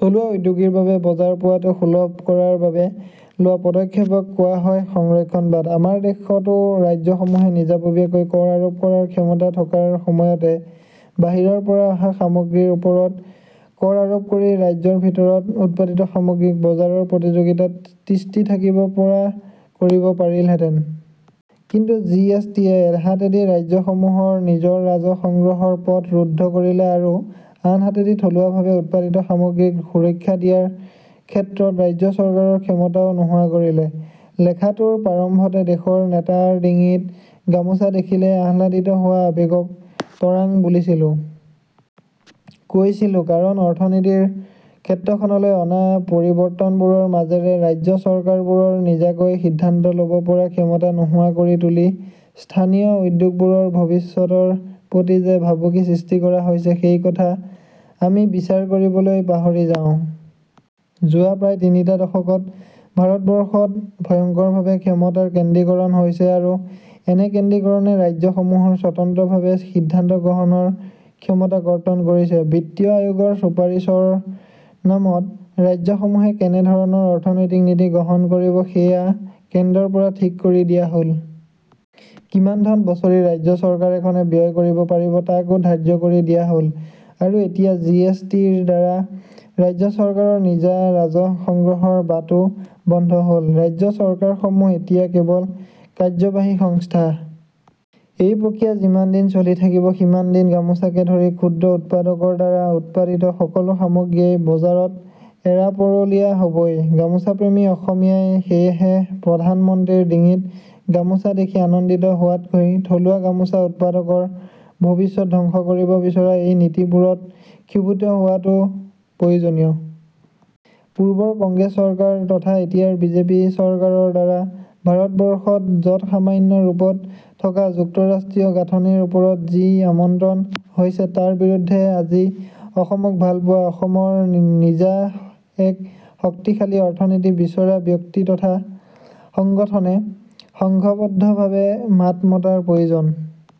থলুৱা উদ্যোগীৰ বাবে বজাৰ পোৱাটো সুলভ কৰাৰ বাবে লোৱা পদক্ষেপক কোৱা হয় সংৰক্ষণবাদ। আমাৰ দেশতো ৰাজ্যসমূহে নিজাববীয়াকৈ কৰ আৰোপ কৰাৰ ক্ষমতা থকাৰ সময়তে বাহিৰৰ পৰা অহা সামগ্ৰীৰ ওপৰত কৰ আৰোপ কৰি ৰাজ্যৰ ভিতৰত উৎপাদিত সামগ্ৰীক বজাৰৰ প্ৰতিযোগিতাত তিষ্ঠি থাকিব পৰা কৰিব পাৰিলেহেঁতেন। কিন্তু জি এছ টিয়ে এহাতেদি ৰাজ্যসমূহৰ নিজৰ ৰাজহ সংগ্ৰহৰ পথ ৰুদ্ধ কৰিলে আৰু আনহাতেদি থলুৱাভাৱে উৎপাদিত সামগ্ৰীক সুৰক্ষা দিয়াৰ ক্ষেত্ৰত ৰাজ্য চৰকাৰৰ ক্ষমতাও নোহোৱা কৰিলে। লেখাটোৰ প্ৰাৰম্ভতে দেশৰ নেতাৰ ডিঙিত গামোচা দেখিলেই আহ্লাদিত হোৱা আৱেগক তৰাং বুলিছিলোঁ। কৈছিলোঁ কাৰণ অৰ্থনীতিৰ ক্ষেত্ৰখনলৈ অনা পৰিৱৰ্তনবোৰৰ মাজেৰে ৰাজ্য চৰকাৰবোৰৰ নিজাকৈ সিদ্ধান্ত ল'ব পৰা ক্ষমতা নোহোৱা কৰি তুলি স্থানীয় উদ্যোগবোৰৰ ভৱিষ্যতৰ প্ৰতি যে ভাবুকি সৃষ্টি কৰা হৈছে, সেই কথা আমি বিচাৰ কৰিবলৈ পাহৰি যাওঁ। যোৱা প্ৰায় তিনিটা দশকত ভাৰতবৰ্ষত ভয়ংকৰভাৱে ক্ষমতাৰ কেন্দ্ৰীকৰণ হৈছে আৰু এনে কেন্দ্ৰীকৰণে ৰাজ্যসমূহৰ স্বতন্ত্ৰভাৱে সিদ্ধান্ত গ্ৰহণৰ ক্ষমতা কৰ্তন কৰিছে। বিত্তীয় আয়োগৰ চুপাৰিচৰ নামত ৰাজ্যসমূহে কেনে ধৰণৰ অৰ্থনৈতিক নীতি গ্ৰহণ কৰিব সেয়া কেন্দ্ৰৰ পৰা ঠিক কৰি দিয়া হ'ল। কিমান ধন বছৰি ৰাজ্য চৰকাৰ এখনে ব্যয় কৰিব পাৰিব তাকো ধাৰ্য্য কৰি দিয়া হ'ল। আৰু এতিয়া জি এছ টিৰ দ্বাৰা ৰাজ্য চৰকাৰৰ নিজা ৰাজহ সংগ্ৰহৰ বাটো বন্ধ হ'ল। ৰাজ্য চৰকাৰসমূহ এতিয়া কেৱল কাৰ্য্যবাহী সংস্থা। এই প্ৰক্ৰিয়া যিমান দিন চলি থাকিব সিমান দিন গামোচাকে ধৰি ক্ষুদ্ৰ উৎপাদকৰ দ্বাৰা উৎপাদিত সকলো সামগ্ৰীয়েই বজাৰত এৰাপৰলীয়া হ'বই। গামোচাপ্ৰেমী অসমীয়াই সেয়েহে প্ৰধান মন্ত্ৰীৰ ডিঙিত গামোচা দেখি আনন্দিত হোৱাতকৈ থলুৱা গামোচা উৎপাদকৰ ভৱিষ্যৎ ধ্বংস কৰিব বিচৰা এই নীতিবোৰত ক্ষোভিত হোৱাটো প্ৰয়োজনীয়। পূৰ্বৰ কংগ্ৰেছ চৰকাৰ তথা এতিয়াৰ বিজেপি চৰকাৰৰ দ্বাৰা ভাৰতবৰ্ষত যৎসামান্য ৰূপত থকা যুক্তৰাষ্ট্ৰীয় গাঁথনিৰ ওপৰত যি আক্ৰমণ হৈছে তাৰ বিৰুদ্ধে আজি অসমক ভালপোৱা, অসমৰ নিজা এক শক্তিশালী অৰ্থনীতি বিচৰা ব্যক্তি তথা সংগঠনে সংঘবদ্ধভাৱে মাত মতাৰ প্ৰয়োজন।